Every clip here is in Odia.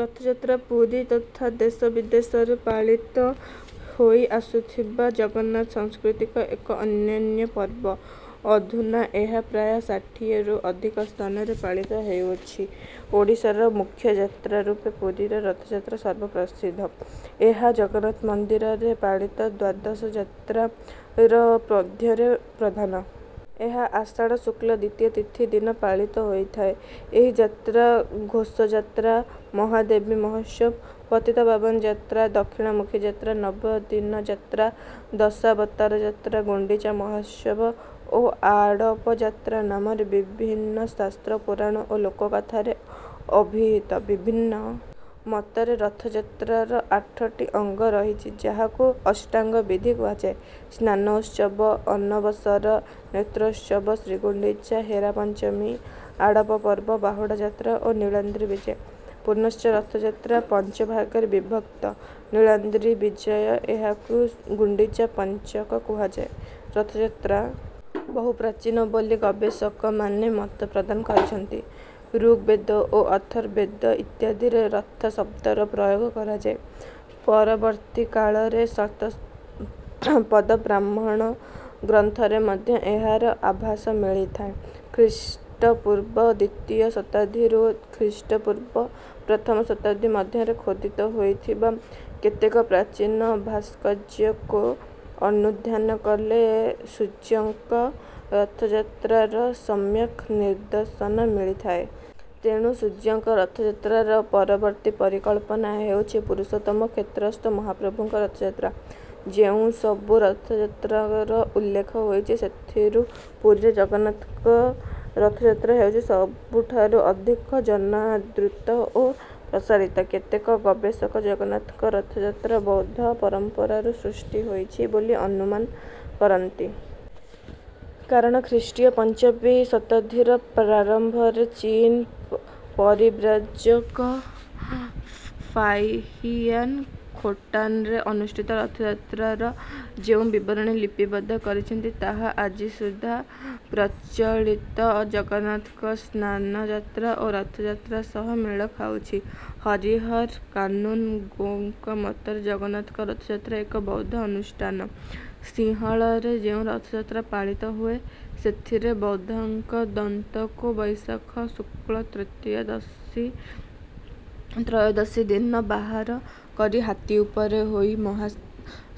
ରଥଯାତ୍ରା, ପୁରୀ ତଥା ଦେଶ ବିଦେଶରେ ପାଳିତ ହୋଇ ଆସୁଥିବା ଜଗନ୍ନାଥ ସଂସ୍କୃତିର ଏକ ଅନନ୍ୟ ପର୍ବ। ଅଧୁନା ଏହା ପ୍ରାୟ ଷାଠିଏରୁ ଅଧିକ ସ୍ଥାନରେ ପାଳିତ ହେଉଛି। ଓଡ଼ିଶାର ମୁଖ୍ୟ ଯାତ୍ରା ରୂପେ ପୁରୀର ରଥଯାତ୍ରା ସର୍ବପ୍ରସିଦ୍ଧ। ଏହା ଜଗନ୍ନାଥ ମନ୍ଦିରରେ ପାଳିତ ଦ୍ୱାଦଶ ଯାତ୍ରାର ମଧ୍ୟରେ ପ୍ରଧାନ। ଏହା ଆଷାଢ଼ ଶୁକ୍ଳ ଦ୍ୱିତୀୟା ତିଥି ଦିନ ପାଳିତ ହୋଇଥାଏ। ଏହି ଯାତ୍ରା ଘୋଷ ଯାତ୍ରା, ମହାବେଦୀ ମହୋତ୍ସବ, ପତିତପାବନ ଯାତ୍ରା, ଦକ୍ଷିଣାମୁଖୀ ଯାତ୍ରା, ନବଦିନ ଯାତ୍ରା, ଦଶାବତାର ଯାତ୍ରା, ଗୁଣ୍ଡିଚା ମହୋତ୍ସବ ଓ ଆଡ଼ପ ଯାତ୍ରା ନାମରେ ବିଭିନ୍ନ ଶାସ୍ତ୍ର, ପୁରାଣ ଓ ଲୋକକଥାରେ ଅଭିହିତ। ବିଭିନ୍ନ ମତରେ ରଥଯାତ୍ରାର ଆଠ ଟି ଅଙ୍ଗ ରହିଛି, ଯାହାକୁ ଅଷ୍ଟାଙ୍ଗ ବିଧି କୁହାଯାଏ: ସ୍ନାନ ଉତ୍ସବ, ଅନବସର, ନେତ୍ରୋତ୍ସବ, ଶ୍ରୀଗୁଣ୍ଡିଚା, ହେରାପଞ୍ଚମୀ, ଆଡ଼ପ ପର୍ବ, ବାହୁଡ଼ା ଯାତ୍ରା ଓ ନୀଳାଦ୍ରି ବିଜେ। ପୁନଶ୍ଚ ରଥଯାତ୍ରା ପାଞ୍ଚ ଭାଗରେ ବିଭକ୍ତ ନୀଳାଦ୍ରି ବିଜୟ ଏହାକୁ ଗୁଣ୍ଡିଚା ପଞ୍ଚକ କୁହାଯାଏ। ରଥଯାତ୍ରା ବହୁ ପ୍ରାଚୀନ ବୋଲି ଗବେଷକମାନେ ମତ ପ୍ରଦାନ କରିଛନ୍ତି। ଋଗ୍‌ବେଦ ଓ ଅଥର୍ବବେଦ ଇତ୍ୟାଦିରେ ରଥ ଶବ୍ଦର ପ୍ରୟୋଗ ଦେଖାଯାଏ। ପରବର୍ତ୍ତୀ କାଳରେ ଶତପଥ ବ୍ରାହ୍ମଣ ଗ୍ରନ୍ଥରେ ମଧ୍ୟ ଏହାର ଆଭାସ ମିଳିଥାଏ। ଖ୍ରୀଷ୍ଟପୂର୍ବ ଦ୍ୱିତୀୟ ଶତାବ୍ଦୀରୁ ଖ୍ରୀଷ୍ଟପୂର୍ବ ପ୍ରଥମ ଶତାବ୍ଦୀ ମଧ୍ୟରେ ଖୋଦିତ ହୋଇଥିବା କେତେକ ପ୍ରାଚୀନ ଭାସ୍କର୍ଯ୍ୟକୁ ଅନୁଧ୍ୟାନ କଲେ ସୂର୍ଯ୍ୟଙ୍କ ରଥଯାତ୍ରାର ସମ୍ୟକ୍ ନିଦର୍ଶନ ମିଳିଥାଏ। ତେଣୁ ସୂର୍ଯ୍ୟଙ୍କ ରଥଯାତ୍ରାର ପରବର୍ତ୍ତୀ ପରିକଳ୍ପନା ହେଉଛି ପୁରୁଷୋତ୍ତମ କ୍ଷେତ୍ରସ୍ଥ ମହାପ୍ରଭୁଙ୍କ ରଥଯାତ୍ରା। ଯେଉଁସବୁ ରଥଯାତ୍ରାର ଉଲ୍ଲେଖ ହୋଇଛି, ସେଥିମଧ୍ୟରୁ ପୁରୀର ଶ୍ରୀଜଗନ୍ନାଥଙ୍କ ରଥଯାତ୍ରା ହେଉଛି ସବୁଠାରୁ ଅଧିକ ଜନାଦୃତ ଓ ପ୍ରସାରିତ। କେତେକ ଗବେଷକ ଶ୍ରୀଜଗନ୍ନାଥଙ୍କ ରଥଯାତ୍ରା ବୌଦ୍ଧ ପରମ୍ପରାରୁ ସୃଷ୍ଟି ହୋଇଛି ବୋଲି ଅନୁମାନ କରନ୍ତି। କାରଣ ଖ୍ରୀଷ୍ଟୀୟ ପଞ୍ଚମ ଶତାବ୍ଦୀର ପ୍ରାରମ୍ଭରେ ଚୀନ୍ ପରିବ୍ରାଜକ ଫାହିୟାନ୍ ଖୋଟାନ୍‌ରେ ଅନୁଷ୍ଠିତ ରଥଯାତ୍ରାର ଯେଉଁ ବିବରଣୀ ଲିପିବଦ୍ଧ କରିଛନ୍ତି, ତାହା ଆଜିସୁଦ୍ଧା ପ୍ରଚଳିତ ଜଗନ୍ନାଥଙ୍କ ସ୍ନାନଯାତ୍ରା ଓ ରଥଯାତ୍ରା ସହ ମେଳ ଖାଉଛି। ହରିହର କାନୁନ୍‌ଗୋଙ୍କ ମତରେ ଜଗନ୍ନାଥଙ୍କ ରଥଯାତ୍ରା ଏକ ବୌଦ୍ଧ ଅନୁଷ୍ଠାନ। ସିଂହଳରେ ଯେଉଁ ରଥଯାତ୍ରା ପାଳିତ ହୁଏ, ସେଥିରେ ବୁଦ୍ଧଙ୍କ ଦନ୍ତକୁ ବୈଶାଖ ଶୁକ୍ଳ ତ୍ରୟୋଦଶୀ ଦିନ ବାହାର କରି ହାତୀ ଉପରେ ଥୋଇ ମହା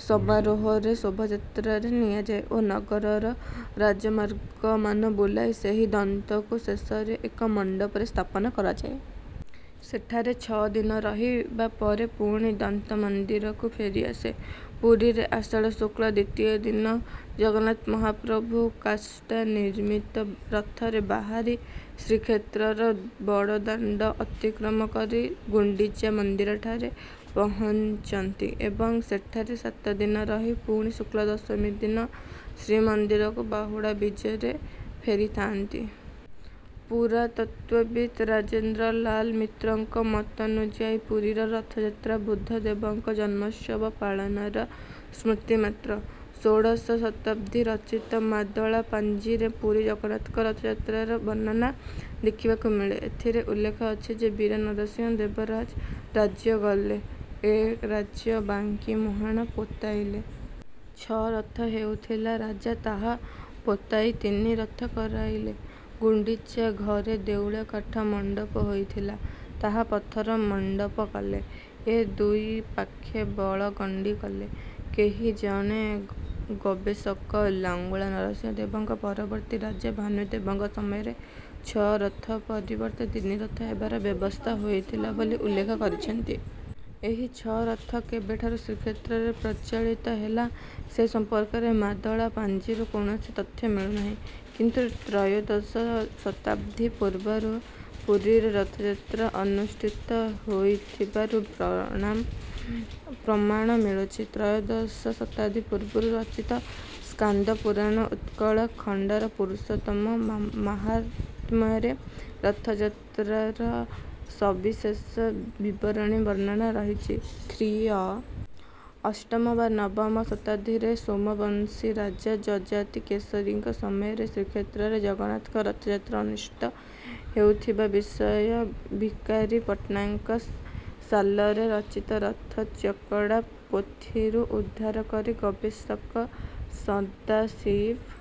ସମାରୋହରେ ଶୋଭାଯାତ୍ରାରେ ନିଆଯାଏ ଓ ନଗରର ରାଜମାର୍ଗମାନ ବୁଲାଇ ସେହି ଦନ୍ତକୁ ଶେଷରେ ଏକ ମଣ୍ଡପରେ ସ୍ଥାପନ କରାଯାଏ। ସେଠାରେ ଛଅ ଦିନ ରହିବା ପରେ ପୁଣି ଦନ୍ତ ମନ୍ଦିରକୁ ଫେରିଆସେ। ପୁରୀରେ ଆଷାଢ଼ ଶୁକ୍ଳ ଦ୍ୱିତୀୟା ଦିନ ଜଗନ୍ନାଥ ମହାପ୍ରଭୁ କାଷ୍ଠ ନିର୍ମିତ ରଥରେ ବାହାରି ଶ୍ରୀକ୍ଷେତ୍ରର ବଡ଼ଦାଣ୍ଡ ଅତିକ୍ରମ କରି ଗୁଣ୍ଡିଚା ମନ୍ଦିରଠାରେ ପହଞ୍ଚନ୍ତି ଏବଂ ସେଠାରେ ସାତ ଦିନ ରହି ପୁଣି ଶୁକ୍ଳ ଦଶମୀ ଦିନ ଶ୍ରୀମନ୍ଦିରକୁ ବାହୁଡ଼ା ବିଜେରେ ଫେରିଥାନ୍ତି। ପୁରାତତ୍ତ୍ୱବିତ୍ ରାଜେନ୍ଦ୍ର ଲାଲ ମିତ୍ରଙ୍କ ମତନୁଯାୟୀ ପୁରୀର ରଥଯାତ୍ରା ବୁଦ୍ଧଦେବଙ୍କ ଜନ୍ମୋତ୍ସବ ପାଳନର ସ୍ମୃତି ମାତ୍ର। ଷୋଡ଼ଶ ଶତାବ୍ଦୀରେ ରଚିତ ମାଦଳା ପାଞ୍ଜିରେ ପୁରୀ ଶ୍ରୀଜଗନ୍ନାଥଙ୍କ ରଥଯାତ୍ରାର ବର୍ଣ୍ଣନା ଦେଖିବାକୁ ମିଳେ। ଏଥିରେ ଉଲ୍ଲେଖ ଅଛି ଯେ, ବୀର ନରସିଂହ ଦେବ ରାଜା ରାଜ୍ୟ କଲେ। ଏ ରାଜା ବାଙ୍କୀ ମୁହାଣ ପୋତାଇଲେ। ଛଅ ରଥ ହେଉଥିଲା, ରାଜା ତାହା ପୋତାଇ ତିନି ରଥ କରାଇଲେ। ଗୁଣ୍ଡିଚା ଘର ଦେଉଳ କାଠ ମଣ୍ଡପ ହୋଇଥିଲା, ତାହା ପଥର ମଣ୍ଡପ କଲେ। ଏ ଦୁଇ ପାଖେ ବଳଗଣ୍ଡି କଲେ। କେହି ଜଣେ ଗବେଷକ ଲାଙ୍ଗୁଳା ନରସିଂହ ଦେବଙ୍କ ପରବର୍ତ୍ତୀ ରାଜା ଭାନୁଦେବଙ୍କ ସମୟରେ ଛଅ ରଥ ପରିବର୍ତ୍ତେ ତିନି ରଥ ହେବାର ବ୍ୟବସ୍ଥା ହୋଇଥିଲା ବୋଲି ଉଲ୍ଲେଖ କରିଛନ୍ତି। ଏହି ଛଅ ରଥ କେବେଠାରୁ ଶ୍ରୀକ୍ଷେତ୍ରରେ ପ୍ରଚଳିତ ହେଲା, ସେ ସମ୍ପର୍କରେ ମାଦଳା ପାଞ୍ଜିରୁ କୌଣସି ତଥ୍ୟ ମିଳୁନାହିଁ। କିନ୍ତୁ ତ୍ରୟୋଦଶ ଶତାଦ୍ଦୀ ପୂର୍ବରୁ ପୁରୀରେ ରଥଯାତ୍ରା ଅନୁଷ୍ଠିତ ହେଉଥିବାର ପ୍ରମାଣ ମିଳୁଛି। ତ୍ରୟୋଦଶ ଶତାଦ୍ଦୀ ପୂର୍ବରୁ ରଚିତ ସ୍କାନ୍ଦ ପୁରାଣ ଉତ୍କଳ ଖଣ୍ଡର ପୁରୁଷୋତ୍ତମ ମାହାତ୍ମ୍ୟରେ ରଥଯାତ୍ରାର ସବିଶେଷ ବିବରଣୀ ବର୍ଣ୍ଣନା ରହିଛି। ଖ୍ରୀ.ଅ. ଅଷ୍ଟମ ବା ନବମ ଶତାଦ୍ଦୀରେ ସୋମବଂଶୀ ରାଜା ଯଯାତି କେଶରୀଙ୍କ ସମୟରେ ଶ୍ରୀକ୍ଷେତ୍ରରେ ଜଗନ୍ନାଥଙ୍କ ରଥଯାତ୍ରା ଅନୁଷ୍ଠିତ ହେଉଥିବା ବିଷୟ ଭିକାରୀ ପଟ୍ଟନାୟକଙ୍କ ସାଲରେ ରଚିତ ରଥ ଚକଡ଼ା ପୋଥିରୁ ଉଦ୍ଧାର କରି ଗବେଷକ ସଦାଶିବ...